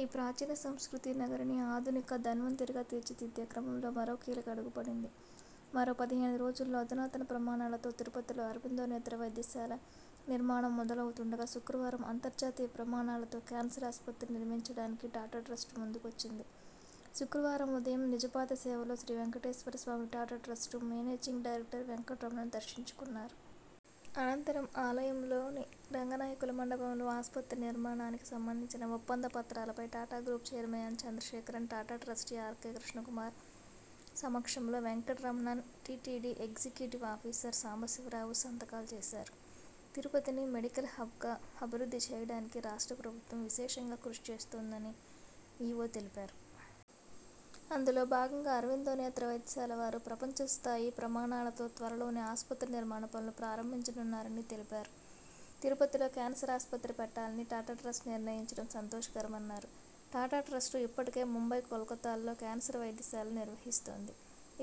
ఈ ప్రాచీన సంస్కృతీ నగరిని ఆధునిక ధన్వంతరిగా తీర్చిదిద్దే క్రమంలో మరో కీలక అడుగుపడింది. మరో పదిహేను రోజుల్లో అధునాతన ప్రమాణాలతో తిరుపతిలో అరబిందో నేత్ర వైద్యశాల నిర్మాణం మొదలు అవుతుండగా.. శుక్రవారం అంతర్జాతీయ ప్రమాణాలతో కేన్సర్ ఆస్పత్రిని నిర్మించడానికి టాటా ట్రస్టు ముందుకొచ్చింది. శుక్రవారం ఉదయం నిజపాద సేవలో శ్రీవేంకటేశ్వర స్వామిని Tata trust managing director Venkataramanan దర్శించుకున్నారు. అనంతరం ఆలయంలోని రంగనాయకుల మండపంలో ఆస్పత్రి నిర్మాణానికి సంబంధించిన ఒప్పంద పత్రాలపై Tata group chairman N Chandrasekaran, Tata trustee R K Krishna Kumar సమక్షంలో Venkataramanan, TTD executive officer Sambasivarao సంతకాలు చేశారు. తిరుపతిని మెడికల్ హబ్గా అభివృద్ధి చేయడానికి రాష్ట్ర ప్రభుత్వం విశేషంగా కృషి చేస్తోందని ఇ ఒ తెలిపారు. అందులో భాగంగా అరవిందో నేత్ర వైద్యశాల వారు ప్రపంచస్థాయి ప్రమాణాలతో త్వరలోనే ఆస్పత్రి నిర్మాణ పనులు ప్రారంభించనున్నారని తెలిపారు. తిరుపతిలో కేన్సర్ ఆస్పత్రి పెట్టాలని టాటా ట్రస్ట్ నిర్ణయించడం సంతోషకరమన్నారు. ''టాటా ట్రస్టు ఇప్పటికే ముంబై, కోల్కతాల్లో కేన్సర్ వైద్యశాలలు నిర్వహిస్తోంది.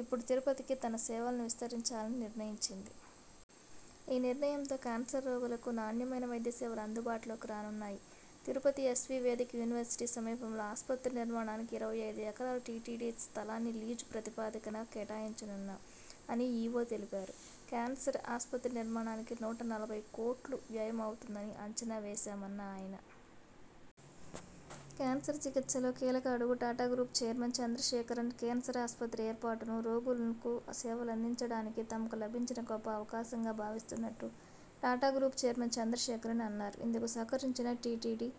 ఇప్పుడు తిరుపతికి తన సేవలను విస్తరించాలని నిర్ణయించింది. ఈ నిర్ణయంతో కేన్సర్ రోగులకు నాణ్యమైన వైద్య సేవలు అందుబాటులోకి రానున్నాయి. తిరుపతి ఎస్వీ వేదిక్ యూనివర్సిటీ సమీపంలో ఆస్పత్రి నిర్మాణానికి ఇరవై ఐదు ఎకరాల టిటిడి స్థలాన్ని లీజు ప్రతిపాదికన కేటాయించనున్నాం అని ఇ ఒ తెలిపారు. కేన్సర్ ఆస్పత్రి నిర్మాణానికి నూట నలభై కోట్లు వ్యయం అవుతుందని అంచనా వేశామన్న ఆయన. కేన్సర్ చికిత్సలో కీలక అడుగు Tata group chairman Chandrasekaran cancer ఆస్పత్రి ఏర్పాటును, రోగులకు సేవలందించడానికి తమకు లభించిన గొప్ప అవకాశంగా భావిస్తున్నట్టు టాటా గ్రూప్ చైర్మన్ చంద్రశేఖరన్ అన్నారు. ఇందుకు సహకరించిన టిటిడి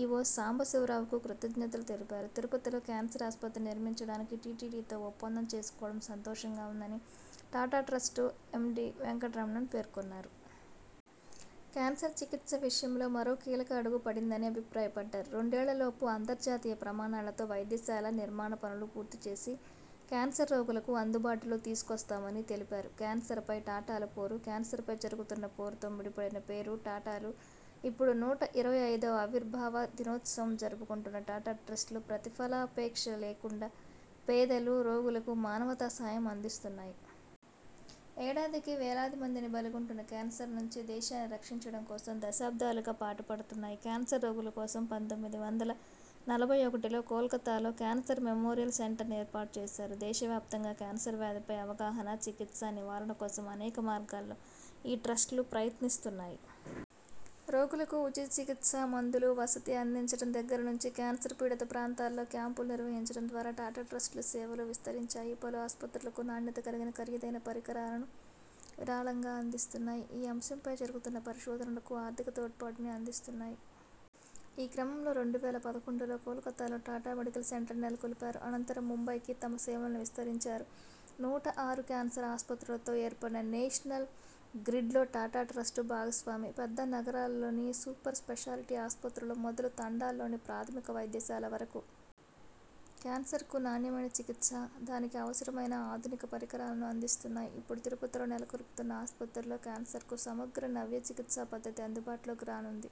ఇ ఒ సాంబశివరావుకు కృతజ్ఞతలు తెలిపారు. తిరుపతిలో కేన్సర్ ఆస్పత్రి నిర్మించడానికి టిటిడితో ఒప్పందం చేసుకోవడం సంతోషంగా ఉందని టాటా ట్రస్టు ఎండి వెంకటరమణన్ పేర్కొన్నారు. కేన్సర్ చికిత్స విషయంలో మరో కీలక అడుగు పడిందని అభిప్రాయపడ్డారు. రెండేళ్లలోపు అంతర్జాతీయ ప్రమాణాలతో వైద్యశాల నిర్మాణ పనులు పూర్తిచేసి కేన్సర్ రోగులకు అందుబాటులో తీసుకొస్తామని తెలిపారు. కేన్సర్ పై టాటాల పోరు కేన్సర్ పై జరుగుతున్న పోరుతో ముడిపడిన పేరు టాటాలు. ఇప్పుడు నూట ఇరవై ఐదోవ ఆవిర్భావ దినోత్సవం జరుపుకొంటున్న టాటా ట్రస్టులు ప్రతిఫలాపేక్ష లేకుండా పేదలు, రోగులకు మానవతా సాయం అందిస్తున్నాయి. ఏడాదికి వేలాది మందిని బలిగొంటున్న కేన్సర్ నుంచి దేశాన్ని రక్షించడం కోసం దశాబ్దాలుగా పాటు పడుతున్నాయి. కేన్సర్ రోగుల కోసం పంతొమ్మిది వందల నలభై ఒకటిలో కోల్కతాలో కేన్సర్ మెమోరియల్ సెంటర్ని ఏర్పాటుచేశారు. దేశవ్యాప్తంగా కేన్సర్ వ్యాధిపై అవగాహన, చికిత్స, నివారణ కోసం అనేక మార్గాల్లో ఈ ట్రస్టులు ప్రయత్నిస్తున్నాయి. రోగులకు ఉచిత చికిత్స, మందులు, వసతి అందించడం దగ్గర నుంచి కేన్సర్ పీడిత ప్రాంతాల్లో క్యాంపులు నిర్వహించడం ద్వారా టాటా ట్రస్టుల సేవలు విస్తరించాయి. పలు ఆస్పత్రులకు నాణ్యత కలిగిన ఖరీదైన పరికరాలను విరాళంగా అందిస్తున్నాయి. ఈ అంశంపై జరుగుతున్న పరిశోధనలకు ఆర్థిక తోడ్పాటుని అందిస్తున్నాయి. ఈ క్రమంలో రెండు వేల పదకొండులో కోల్కతాలో టాటా మెడికల్ సెంటర్ని నెలకొల్పారు. అనంతరం ముంబైకీ తమ సేవలను విస్తరించారు. నూట ఆరు కేన్సర్ ఆస్పత్రులతో ఏర్పడిన నేషనల్ గ్రిడ్లో టాటా ట్రస్టు భాగస్వామి. పెద్ద నగరాల్లోని సూపర్ స్పేషాలిటీ ఆస్పత్రుల మొదలు తండాల్లోని ప్రాథమిక వైద్యశాల వరకు.. కేన్సర్కు నాణ్యమైన చికిత్స, దానికి అవసరమైన ఆధునిక పరికరాలను అందిస్తున్నాయి. ఇప్పుడు తిరుపతిలో నెలకొల్పుతున్న ఆస్పత్రిలో కేన్సర్కు సమగ్ర నవ్య చికిత్సా పద్ధతి అందుబాటులోకి రానుంది.